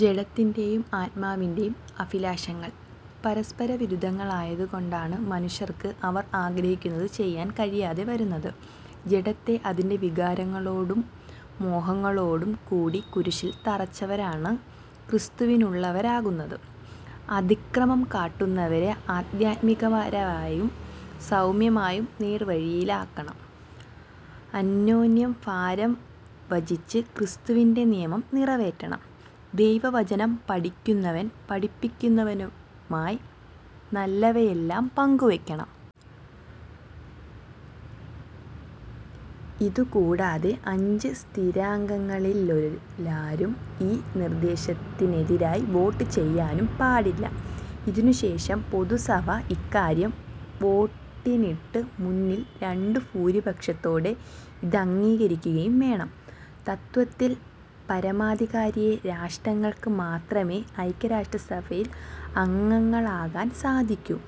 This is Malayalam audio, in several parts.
ജഡത്തിന്റേയും ആത്മാവിന്റേയും അഭിലാഷങ്ങൾ പരസ്പരവിരുദ്ധങ്ങളായതു കൊണ്ടാണ് മനുഷ്യർക്ക് അവർ ആഗ്രഹിക്കുന്നതു ചെയ്യാൻ കഴിയാതെ വരുന്നത്. ജഡത്തെ അതിന്റെ വികാരങ്ങളോടും മോഹങ്ങളോടും കൂടി കുരിശിൽ തറച്ചവരാണ് ക്രിസ്തുവിനുള്ളവരാകുന്നത്. അതിക്രമം കാട്ടുന്നവരെ ആധ്യാത്മികരായവർ സൗമ്യമായി നേർവഴിയിലാക്കണം. അന്യോന്യം ഭാരം വചിച്ച് ക്രിസ്തുവിന്റെ നിയമം നിറവേറ്റണം. ദൈവവചനം പഠിക്കുന്നവൻ പഠിപ്പിക്കുന്നവനുമായി നല്ലവയെല്ലാം പങ്കുവയ്ക്കണം. ഇതുകൂടാതെ അഞ്ച് സ്ഥിരാംഗങ്ങളിലാരും ഈ നിർദ്ദേശത്തിനെതിരായി വോട്ട് ചെയ്യാനും പാടില്ല. ഇതിനുശേഷം പൊതുസഭ ഇക്കാര്യം വോട്ടിനിട്ട് മൂന്നിൽ രണ്ട് ഭൂരിപക്ഷത്തോടേ ഇതംഗീകരിക്കുകയും വേണം. തത്ത്വത്തിൽ പരമാധികാര രാഷ്ട്രങ്ങൾക്ക് മാത്രമേ ഐക്യരാഷ്ട്രസഭയിൽ അംഗങ്ങളാകാൻ സാധിക്കൂ.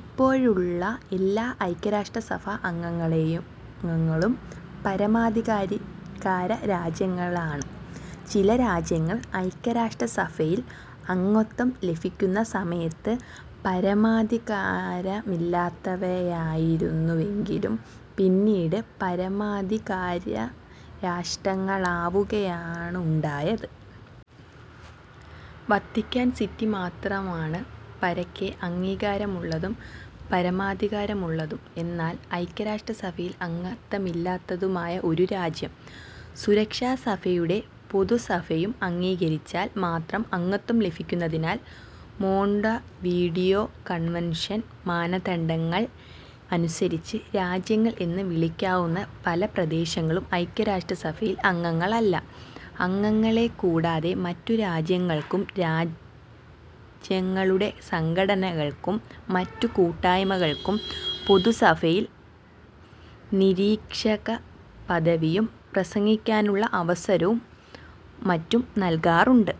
ഇപ്പോഴുള്ള എല്ലാ ഐക്യരാഷ്ട്രസഭാ അംഗരാജ്യങ്ങളും പരമാധികാര രാജ്യങ്ങളാണ്. ചില രാജ്യങ്ങൾ ഐക്യരാഷ്ട്രസഭയിൽ അംഗത്വം ലഭിക്കുന്ന സമയത്ത് പരമാധികാരമില്ലാത്തവയായിരുന്നുവെങ്കിലും പിന്നീട് പരമാധികാരരാഷ്ട്രങ്ങളാവുകയാണുണ്ടായത്. വത്തിക്കാൻ സിറ്റി മാത്രമാണ് പരക്കെ അംഗീകാരമുള്ളതും പരമാധികാരമുള്ളതും എന്നാൽ ഐക്യരാഷ്ട്രസഭയിൽ അംഗത്വമില്ലാത്തതുമായ ഒരു രാജ്യം. സുരക്ഷാ സഭയും പൊതുസഭയും അംഗീകരിച്ചാൽ മാത്രം അംഗത്വം ലഭിക്കുന്നതിനാൽ മോണ്ടെവീഡിയോ കൺവെൻഷൻ മാനദണ്ഡങ്ങൾ അനുസരിച്ച് രാജ്യങ്ങൾ എന്ന് വിളിക്കാവുന്ന പല പ്രദേശങ്ങളും ഐക്യരാഷ്ട്രസഭയിൽ അംഗങ്ങളല്ല. അംഗങ്ങളെക്കൂടാതെ മറ്റു രാജ്യങ്ങൾക്കും രാജ്യങ്ങളുടെ സംഘടനകൾക്കും, മറ്റു കൂട്ടായ്മകൾക്കും പൊതുസഭയിൽ നിരീക്ഷകപദവിയും പ്രസംഗിക്കാനുള്ള അവസരവും മറ്റും നൽകാറുണ്ട്.